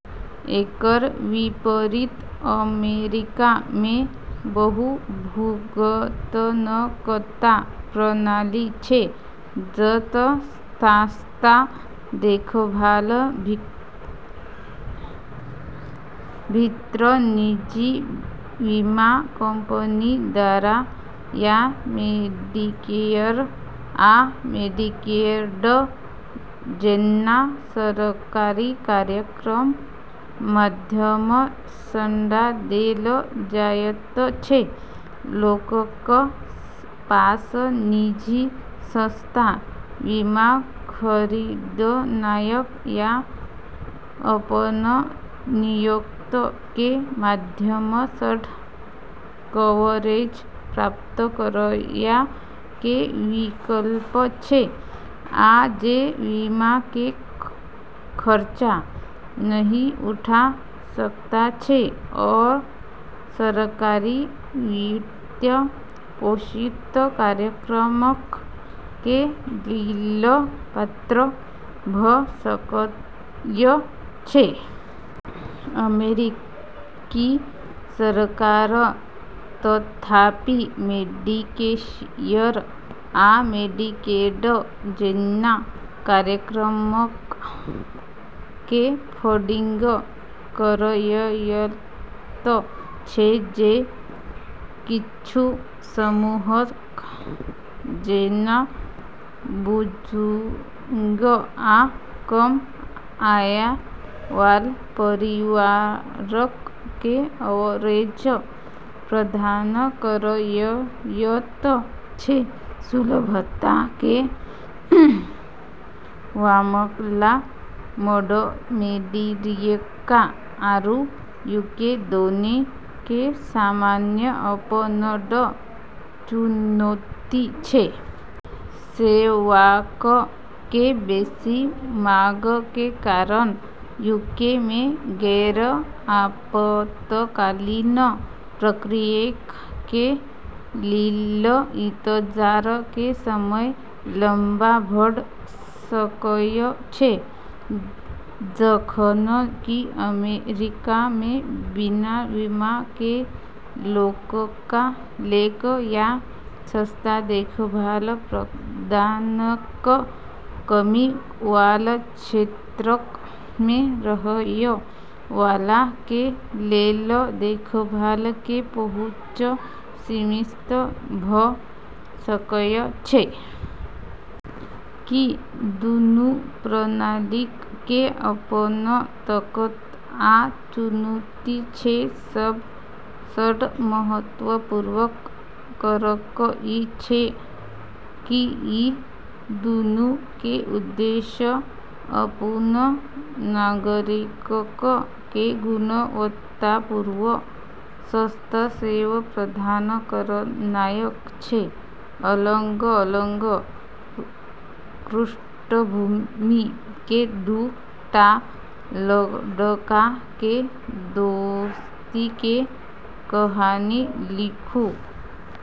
एकर विपरीत अमेरिका मे बहु-भुगतानकर्ता प्रणाली छै जत स्वास्थ्य देखभाल विभिन्न निजी बीमा कंपनीक द्वारा या मेडिकेयर आ मेडिकेड जैना सरकारी कार्यक्रमक माध्यम सऽ देल जायत छै ।लोकक पास निजी स्वास्थ्य बीमा खरीदनाय या अपन नियोक्ता के माध्यम सऽ कवरेज प्राप्त करय के विकल्प छै, आ जे बीमा के खर्चा नहि उठा सकय छै, ओ सरकारी वित्त पोषित कार्यक्रमक कें लेल पात्र भ सकय छै। अमेरिकी सरकार, तथापि, मेडिकेयर आ मेडिकेड जैना कार्यक्रमक के फंडिंग करएयत छै, जे किच्छू समूहक जेना बुजुर्ग आ कम आय वाला परिवारक कें कवरेज प्रदान करएयत छै ।सुलभता के मामला मऽ अमेरिका आरू यूके दोनों के सामने अपनऽ चुनौती छै। सेवाक के बेसि मांग के कारण यूके मे गैर-आपातकालीन प्रक्रियाक कें लेल इंतजार के समय लंबा भऽ सकय छै, जखन कि अमेरिका मे बिना बीमा कें लोगक लेल या स्वास्थ्य देखभाल प्रदाताक कमी वाला क्षेत्रक मे रहय वाला के लेल देखभाल के पहुंच सीमित भ सकय छै । कि दूनू प्रणालीक के अपन ताकत आ चुनौती छै, सब सऽ महत्वपूर्ण कारक इ छै की इ दूनू के उद्देश्य अपन नागरिकक के गुणवत्तापूर्ण स्वास्थ्य सेवा प्रदान करनाय छै ।अलग-अलग पृष्ठभूमि के दू टा लड़का के दोस्ती के कहानी लिखू।